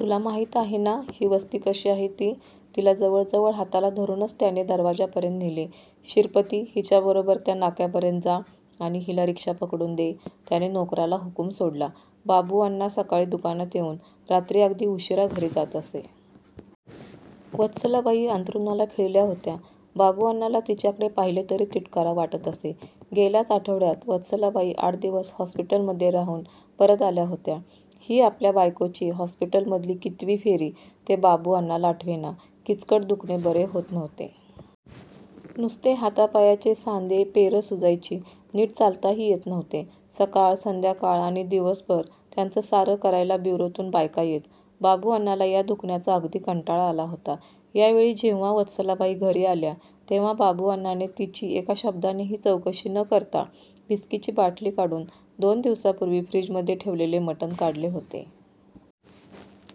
तुला माहीत आहे ना ही वस्ती कशी आहे ती? " तिला जवळजवळ हाताला धरूनच त्याने दरवाजापर्यंत नेले. "शिरपती हीच्या बरोबर त्या नाक्यापर्यंत जा आणि हिला रिक्शा पकडून दे" त्याने नोकराला हुकूम सोडला. बाबुअण्णा सकाळी दुकानात येऊन रात्री अगदी उशीरा घरी जात असे. वत्सलाबाई अंथरुणाला खिळल्या होत्या. बाबुअण्णाला तिच्याकडे पाहिले तरी तिटकारा वाटत असे. गेल्याच आठवड्यात वत्सलाबाई आठ दिवस हॉस्पिटलमध्ये राहून परत आल्या होत्या. ही आपल्या बायकोची हॉस्पिटलमधली कितवी फेरी ते बाबुअण्णाला आठवेना. किचकट दुखणे बरे होत नव्हते. नुसते हातापायाचे सांधे पेरं सुजायची. नीट चालताही येत नव्हते. सकाळ, संध्याकाळ आणि दिवसभर त्यांचं सारं करायला ब्युरोतून बायका येत. बाबुअण्णाला या दुखण्याचा अगदी कंटाळा आला होता. यावेळी जेव्हा वत्सलाबाई घरी आल्या तेव्हा बाबुअण्णाने तिची एका शब्दानेही चौकशी न करता व्हिस्कीची बाटली काढून दोन दिवसापूर्वी फ्रिजमध्ये ठेवलेले मटण काढले होते.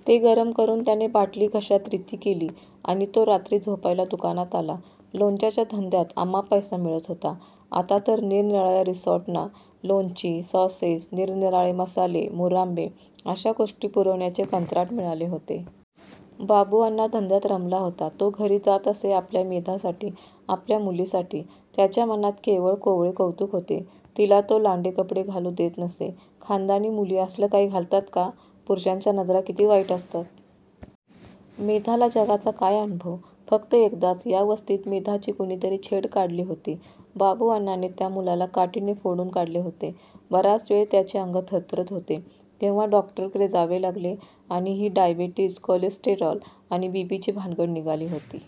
ते गरम करून त्याने बाटली घशात रिती केली आणि तो रात्री झोपायला दुकानात आला. लोणच्याच्या धंद्यात अमाप पैसा मिळत होता. आता तर निरनिराळ्या रिसॉर्टसना लोणची, सॉसेस, निरनिराळे मसाले, मुरांबे अशा गोष्टी पुरवण्याचे कंत्राट मिळाले होते. बाबुअण्णा धंद्यात रमला होता. तो घरी जात असे आपल्या मेधासाठी. आपल्या मुलीसाठी त्याच्या मनात केवळ कोवळे कौतुक होते. तिला तो लांडे कपडे घालु देत नसे. खानदानी मुली असलं काही घालतात का? पुरुषांच्या नजरा किती वाईट असतात. मेधाला जगाचा काय अनुभव? फक्त एकदाच या वस्तीत मेधाची कुणीतरी छेड काढली होती. बाबुअण्णाने त्या मुलाला काठीने फोडून काढले होते. बराच वेळ त्याचे अंग थरथरत होते. तेव्हा डॉक्टरकडे जावे लागले आणि ही डायबेटीज, कॉलेस्टेरॉल आणि बीपी ची भानगड निघाली होती.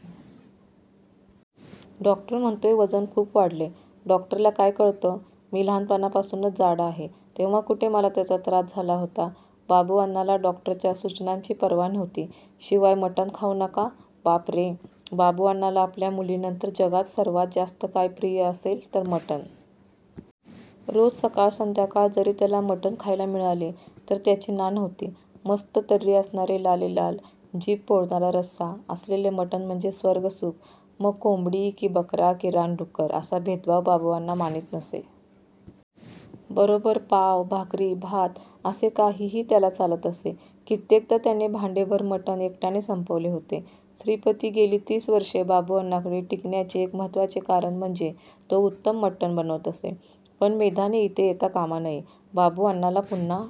डॉक्टर म्हणतोय वजन खूप वाढलंय. डॉक्टरला काय कळतं? मी लहानपणापासूनच जाडा आहे. तेव्हा कुठे मला त्याचा त्रास झाला होता? बाबुअण्णाला डॉक्टरच्या सुचनांची पर्वा नव्हती. शिवाय मटण खाऊ नका? बापरे, बाबुअण्णाला आपल्या मुलीनंतर जगात सर्वात जास्त काय प्रिय असेल तर मटण. रोज सकाळ संध्याकाळ जरी त्याला मटण खायला मिळाले तर त्याची ना नव्हती. मस्त तर्री असणारे लालेलाल, जीभ पोळणारा रस्सा असलेले मटण म्हणजे स्वर्गसुख. मग कोंबडी, की बकरा कि रानडुक्कर असा भेदभाव बाबुअण्णा मानीत नसे. बरोबर पाव, भाकरी, भात असे काहीही त्याला चालत असे. कित्येकदा त्याने भांडेभर मटण एकट्याने संपवले होते. श्रीपती गेली तीस वर्षे बाबुअण्णाकडे टिकण्याचे एक महत्त्वाचे कारण म्हणजे तो उत्तम मटण बनवत असे. पण मेधाने इथे येता कामा नये. बाबुअण्णाला पुन्हा